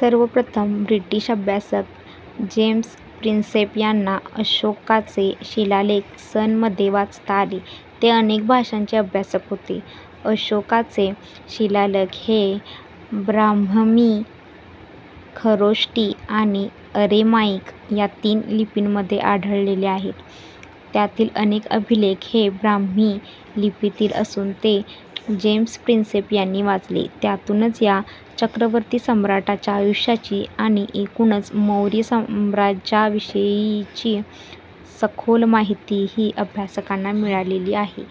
सर्वप्रथम ब्रिटिश अभ्यासक James Prinsep यांना अशोकाचे शिलालेख सन मध्ये वाचता आले. ते अनेक भाषांचे अभ्यासक होते. अशोकाचे शिलालेख हे ब्राह्ममी, खरोष्टी आणि अरेमाइक या तीन लिपींमध्ये आढळलेले आहेत. त्यातील अनेक अभिलेख हे ब्राम्ही लिपीतील असून ते जेम्स प्रिन्सेप यांनी वाचले, त्यातूनच या चक्रवर्ती सम्राटाच्या आयुष्याची आणि एकूणच मौर्य साम्राज्या विषयीची सखोल माहिती हीअभ्यासकांना मिळालेली आहे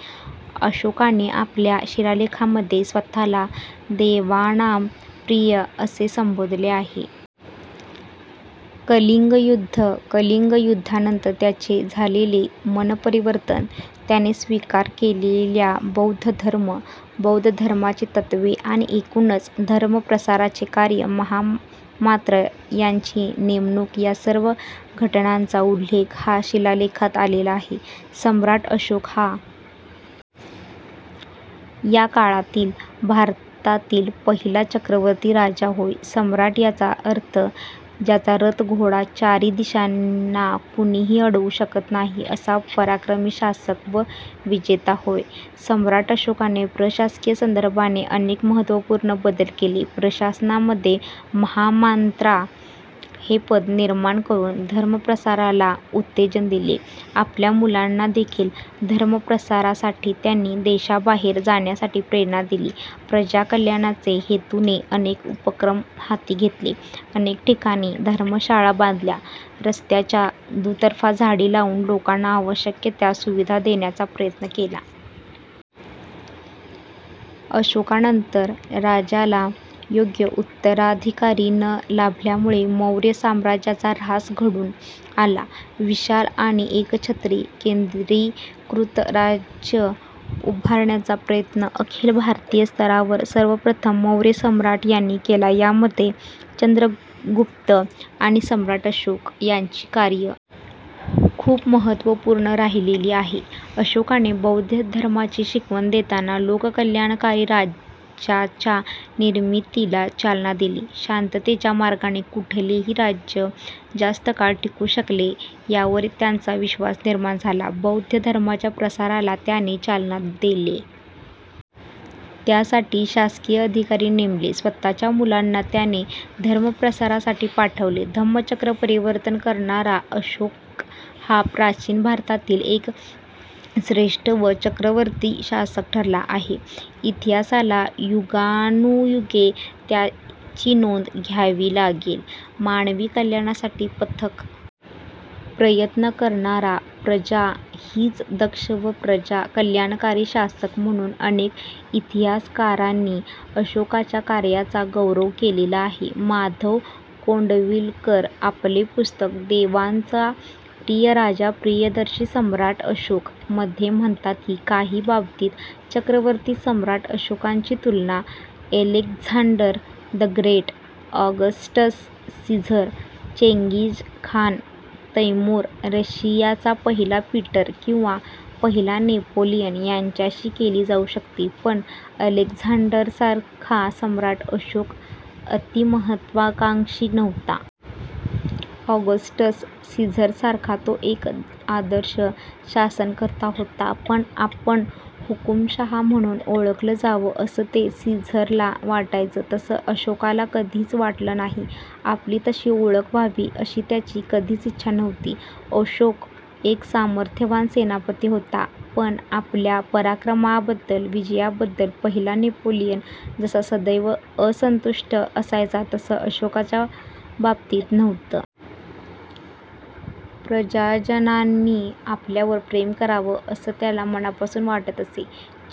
अशोकाने आपल्या शिलालेखामध्ये स्वतःला 'देवानाम प्रिय' असे संबोधले आहे. कलिंग युद्ध कलिंग युद्धानंतर त्याचे झालेले मनपरिवर्तन, त्याने स्वीकार केलेल्या बौद्ध धर्म, बौद्ध धर्माची तत्त्वे आणि एकूणच धर्मप्रसाराचे कार्य महामात्र यांची नेमणूक या सर्व घटनांचा उल्लेख हा शिलालेखात आलेला आहे. सम्राट अशोक हा या काळातील भारतातील पहिला चक्रवर्ती राजा होय सम्राट याचा अर्थ ज्याचा रथ घोडा चारी दिशांना कुणीही अडवू शकत नाही असा पराक्रमी शासक व विजेता होय सम्राट अशोकाने प्रशासकीय संदर्भाने अनेक महत्त्वपूर्ण बदल केले प्रशासनामध्ये महामांत्रा हे पद निर्माण करून धर्मप्रसाराला उत्तेजन दिले आपल्या मुलांनादेखील धर्मप्रसारासाठी त्यांनी देशाबाहेर जाण्यासाठी प्रेरणा दिली प्रजा कल्याणाचे हेतूने अनेक उपक्रम हाती घेतले अनेक ठिकाणी धर्मशाळा बांधल्या रस्त्याच्या दुतर्फा झाडी लावून लोकांना आवश्यक त्या सुविधा देण्याचा प्रयत्न केला. अशोकानंतर राज्याला योग्य उत्तराधिकारी न लाभल्यामुळे मौर्य साम्राज्याचा ऱ्हास घडून आला विशाल आणि एकछत्री केंद्रीकृत राज्य उभारण्याचा प्रयत्न अखिल भारतीय स्तरावर सर्वप्रथम मौर्य सम्राट यांनी केला यामध्ये चंद्रगुप्त आणि सम्राट अशोक यांची कार्य खूप महत्त्वपूर्ण राहिलेली आहे अशोकाने बौद्ध धर्माची शिकवण देताना लोककल्याणकारी राज्याच्या निर्मितीला चालना दिली शांततेच्या मार्गाने कुठलेही राज्य जास्त काळ टिकू शकेल यावर त्याचा विश्वास निर्माण झाला बौद्ध धर्माच्या प्रसाराला त्याने चालना दिले त्यासाठी शासकीय अधिकारी नेमले स्वतःच्या मुलांना त्याने धर्म प्रसारासाठी पाठवले धम्मचक्र परिवर्तन करणारा अशोक हा प्राचीन भारतातील एक श्रेष्ठ व चक्रवर्ती शासक ठरला आहे इतिहासाला युगानुयुगे त्याची नोंद घ्यावी लागेल मानवी कल्याणासाठी पथक प्रयत्न करणारा प्रजा हीच दक्ष व प्रजा कल्याणकारी शासक म्हणून अनेक इतिहासकारांनी अशोकाच्या कार्याचा गौरव केलेला आहे माधव कोंडविलकर आपले पुस्तक 'देवांचा प्रिय राजा प्रियदर्शी सम्राट अशोक' मध्ये म्हणतात की, ''काही बाबतीत चक्रवर्ती सम्राट अशोकांची तुलना, Alexander the Great, Augustus Caesar, Genghis Khan, Timur, रशियाचा पहिला पीटर किंवा पहिला नेपोलियन यांच्याशी केली जाऊ शकते; पण अलेक्झांडरसारखा सम्राट् अशोक अति-महत्त्वाकांक्षी नव्हता. ऑगस्टस सीझरसारखा तो एक आदर्श शासनकर्ता होता; पण आपण हुकूमशहा म्हणून ओळखलं जावं असं जे सीझरला वाटायचं तसं अशोकाला कधीच वाटलं नाही. आपली तशी ओळख व्हावी अशी त्याची कधीच इच्छा नव्हती. अशोक एक सामर्थ्यवान सेनापती होता; पण आपल्या पराक्रमाबद्दल, विजयाबद्दल पहिला नेपोलियन जसा सदैव असंतुष्ट असायचा तसं अशोकाचा बाबतीत नव्हतं. प्रजाजनांनी आपल्यावर प्रेम करावं, असं त्याला मनापासून वाटत असे.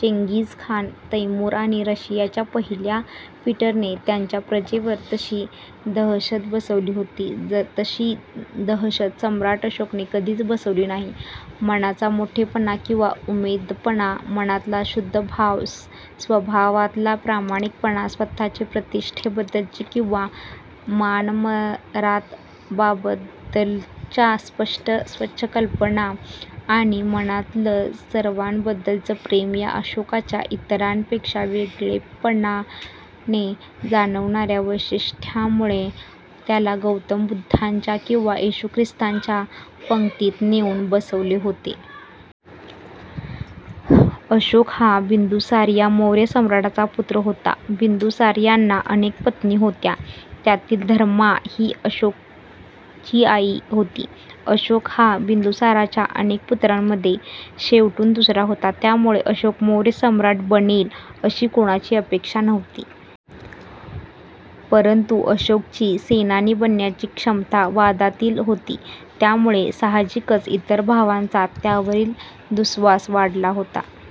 चेंगीसखान, तैमूर आणि रशियाच्या पहिल्या पीटरने त्यांच्या प्रजेवर जशी दहशत बसवली होती, तशी दहशत सम्राट अशोकने कधीच बसवली नाही. मनाचा मोठेपणा किंवा उमदेपणा, मनातला शुद्ध भाव, स्वभावातला प्रामाणिकपणा, स्वतःच्या प्रतिष्ठेबद्दलची किंवा मानमरातबाबद्दलच्या स्पष्ट स्वच्छ कल्पना आणि मनातलं सर्वांबद्दलचं प्रेम या अशोकाच्या, इतरांपेक्षा वेगळेपणाने जाणवणाऱ्या वैशिष्ट्यांमुळे त्याला गौतम बुद्धांच्या किंवा येशू ख्रिस्ताच्या पंक्तीत नेऊन बसवले होते. '' अशोक हा बिंदुसार या मौर्य सम्राटाचा पुत्र होता. बिंदुसार यांना अनेक पत्नी होत्या, त्यातील धर्मा ही अशोकची आई होती. अशोक हा बिंदुसाराच्या अनेक पुत्रांमध्ये शेवटून दुसरा होता. त्यामुळे अशोक मौर्य सम्राट बनेल अशी कोणाची अपेक्षा नव्हती. परंतु अशोकची सेनानी बनण्याची क्षमता वादातीत होती. त्यामुळे साहजिकच इतर भावांचा त्यावरील दुःस्वास वाढला होता.